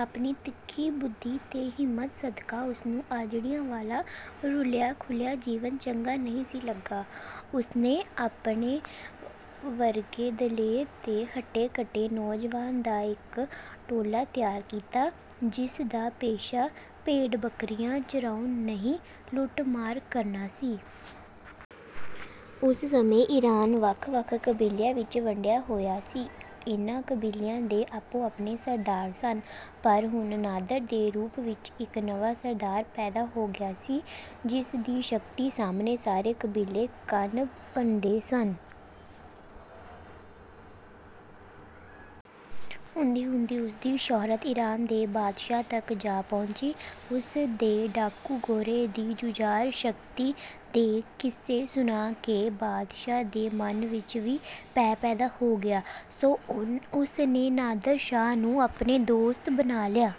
ਆਪਣੀ ਤਿੱਖੀ-ਬੁੱਧੀ ਤੇ ਹਿੰਮਤ ਸਦਕਾ ਉਸਨੂੰ ਆਜੜੀਆਂ ਵਾਲਾ, ਰੁਲਿਆ-ਖੁਲਿਆ ਜੀਵਨ ਚੰਗਾ ਨਹੀਂ ਸੀ ਲੱਗਾ। ਉਸਨੇ ਆਪਣੇ ਵਰਗੇ ਦਲੇਰ ਤੇ ਹੱਟੇ-ਕੱਟੇ ਨੌਜਵਾਨ ਦਾ ਇੱਕ ਟੋਲਾ ਤਿਆਰ ਕੀਤਾ, ਜਿਸ ਦਾ ਪੇਸ਼ਾ ਭੇਡ-ਬੱਕਰੀਆਂ ਚਰਾਉਣ ਨਹੀਂ, ਲੁੱਟ-ਮਾਰ ਕਰਨਾ ਸੀ। ਉਸ ਸਮੇਂ ਈਰਾਨ ਵੱਖ-ਵੱਖ ਕਬੀਲਿਆਂ ਵਿੱਚ ਵੰਡਿਆ ਹੋਇਆ ਸੀ। ਇਹਨਾਂ ਕਬੀਲਿਆਂ ਦੇ ਆਪੋ-ਆਪਣੇ ਸਰਦਾਰ ਸਨ। ਪਰ ਹੁਣ ਨਾਦਰ ਦੇ ਰੂਪ ਵਿੱਚ ਇੱਕ ਨਵਾਂ ਸਰਦਾਰ ਪੈਦਾ ਹੋ ਗਿਆ ਸੀ, ਜਿਸ ਦੀ ਸ਼ਕਤੀ ਸਾਹਮਣੇ ਸਾਰੇ ਕਬੀਲੇ ਕੰਨ ਭੰਨਦੇ ਸਨ। ਹੁੰਦੀ-ਹੁੰਦੀ ਉਸ ਦੀ ਸ਼ੋਹਰਤ ਈਰਾਨ ਦੇ ਬਾਦਸ਼ਾਹ ਤੱਕ ਜਾ ਪਹੁੰਚੀ। ਉਸ ਦੇ ਡਾਕੂ-ਗਿਰੋਹ ਦੀ ਜੁਝਾਰੂ ਸ਼ਕਤੀ ਦੇ ਕਿੱਸੇ ਸੁਣ ਕੇ ਬਾਦਸ਼ਾਹ ਦੇ ਮਨ ਵਿੱਚ ਵੀ ਭੈ ਪੈਦਾ ਹੋ ਗਿਆ, ਸੋ ਉਸ ਨੇ ਨਾਦਰ ਸ਼ਾਹ ਨੂੰ ਆਪਣਾ ਦੋਸਤ ਬਣਾ ਲਿਆ।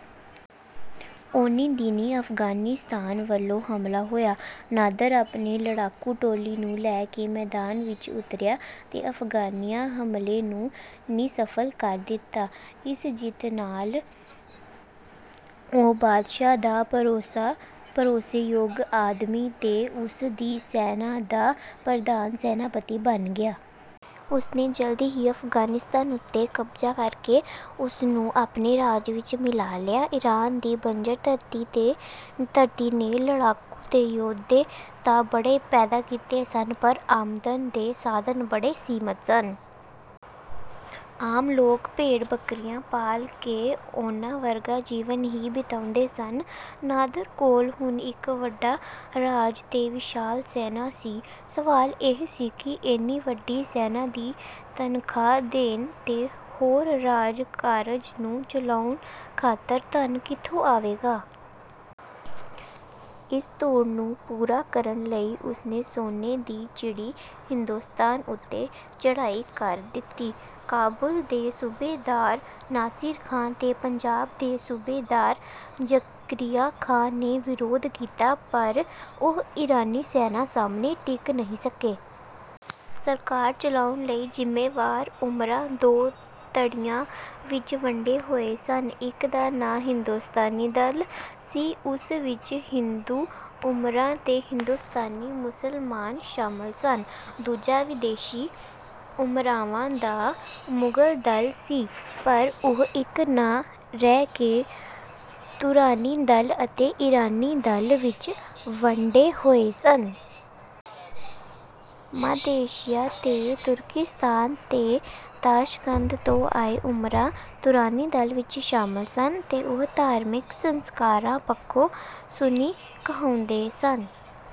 ਓਨੀਂ ਦਿਨੀਂ ਅਫ਼ਗਾਨਿਸਤਾਨ ਵੱਲੋਂ ਹਮਲਾ ਹੋਇਆ। ਨਾਦਰ ਆਪਣੀ ਲੜਾਕੂ ਟੋਲੀ ਨੂੰ ਲੈ ਕੇ ਮੈਦਾਨ ਵਿੱਚ ਉਤਰਿਆ ਤੇ ਅਫ਼ਗਾਨੀ ਹਮਲੇ ਨੂੰ ਨਿਸਫਲ ਕਰ ਦਿੱਤਾ। ਇਸ ਜਿੱਤ ਨਾਲ ਉਹ ਬਾਦਸ਼ਾਹ ਦਾ ਭਰੋਸੇ-ਯੋਗ ਆਦਮੀ ਤੇ ਉਸ ਦੀ ਸੈਨਾ ਦਾ ਪ੍ਰਧਾਨ-ਸੈਨਾਪਤੀ ਬਣ ਗਿਆ। ਉਸਨੇ ਜਲਦੀ ਹੀ ਅਫ਼ਗਾਨਿਸਤਾਨ ਉੱਤੇ ਕਬਜ਼ਾ ਕਰਕੇ ਉਸ ਨੂੰ ਆਪਣੇ ਰਾਜ ਵਿੱਚ ਮਿਲਾ ਲਿਆ। ਈਰਾਨ ਦੀ ਬੰਜਰ ਧਰਤੀ ਨੇ ਲੜਾਕੂ ਤੇ ਯੋਧੇ ਤਾਂ ਬੜੇ ਪੈਦਾ ਕੀਤੇ ਸਨ, ਪਰ ਆਮਦਨ ਦੇ ਸਾਧਨ ਬੜੇ ਸੀਮਤ ਸਨ। ਆਮ ਲੋਕ ਭੇਡ-ਬੱਕਰੀਆਂ ਪਾਲ ਕੇ ਉਹਨਾਂ ਵਰਗਾ ਜੀਵਨ ਹੀ ਬਿਤਾਉਂਦੇ ਸਨ। ਨਾਦਰ ਕੋਲ ਹੁਣ ਇੱਕ ਵੱਡਾ ਰਾਜ ਤੇ ਵਿਸ਼ਾਲ ਸੈਨਾ ਸੀ। ਸਵਾਲ ਇਹ ਸੀ ਕਿ ਇੰਨੀ ਵੱਡੀ ਸੈਨਾ ਦੀ ਤਨਖਾਹ ਦੇਣ ਤੇ ਹੋਰ ਰਾਜ-ਕਾਰਜ ਨੂੰ ਚਲਾਉਣ ਖਾਤਰ ਧਨ ਕਿੱਥੋਂ ਆਵੇਗਾ? ਇਸ ਥੁੜ ਨੂੰ ਪੂਰਾ ਕਰਨ ਲਈ ਉਸਨੇ 'ਸੋਨੇ ਦੀ ਚਿੜੀ' ਹਿੰਦੁਸਤਾਨ ਉੱਤੇ ਚੜ੍ਹਾਈ ਕਰ ਦਿੱਤੀ। ਕਾਬੁਲ ਦੇ ਸੂਬੇਦਾਰ ਨਾਸਿਰ ਖ਼ਾਂ ਤੇ ਪੰਜਾਬ ਦੇ ਸੂਬੇਦਾਰ ਜ਼ਕਰੀਆ ਖ਼ਾਂ ਨੇ ਵਿਰੋਧ ਕੀਤਾ, ਪਰ ਉਹ ਈਰਾਨੀ ਸੈਨਾ ਸਾਹਮਣੇ ਟਿਕ ਨਹੀਂ ਸਕੇ। ਸਰਕਾਰ ਚਲਾਉਣ ਲਈ ਜ਼ਿੰਮੇਵਾਰ ਉਮਰਾ, ਦੋ ਧੜਿਆਂ ਵਿੱਚ ਵੰਡੇ ਹੋਏ ਸਨ। ਇੱਕ ਦਾ ਨਾਂ ਹਿੰਦੁਸਤਾਨੀ-ਦਲ ਸੀ, ਉਸ ਵਿੱਚ ਹਿੰਦੂ-ਉਮਰਾ ਤੇ ਹਿੰਦੁਸਤਾਨੀ ਮੁਸਲਮਾਨ ਸ਼ਾਮਲ ਸਨ। ਦੂਜਾ ਵਿਦੇਸ਼ੀ ਉਮਰਾਵਾਂ ਦਾ ਮੁਗ਼ਲ-ਦਲ ਸੀ। ਪਰ ਉਹ ਇੱਕ ਨਾ ਰਹਿ ਕੇ ਤੁਰਾਨੀ-ਦਲ ਅਤੇ ਈਰਾਨੀ-ਦਲ ਵਿੱਚ ਵੰਡੇ ਹੋਏ ਸਨ। ਮੱਧ ਏਸ਼ੀਆ ਦੇ ਤੁਰਕਿਸਤਾਨ ਤੇ ਤਾਸ਼ਕੰਦ ਤੋਂ ਆਏ ਉਮਰਾ, ਤੁਰਾਨੀ-ਦਲ ਵਿੱਚ ਸ਼ਾਮਲ ਸਨ ਤੇ ਉਹ ਧਾਰਮਿਕ ਸੰਸਕਾਰਾਂ ਪੱਖੋਂ 'ਸੁੰਨੀ' ਕਹਾਉਂਦੇ ਸਨ।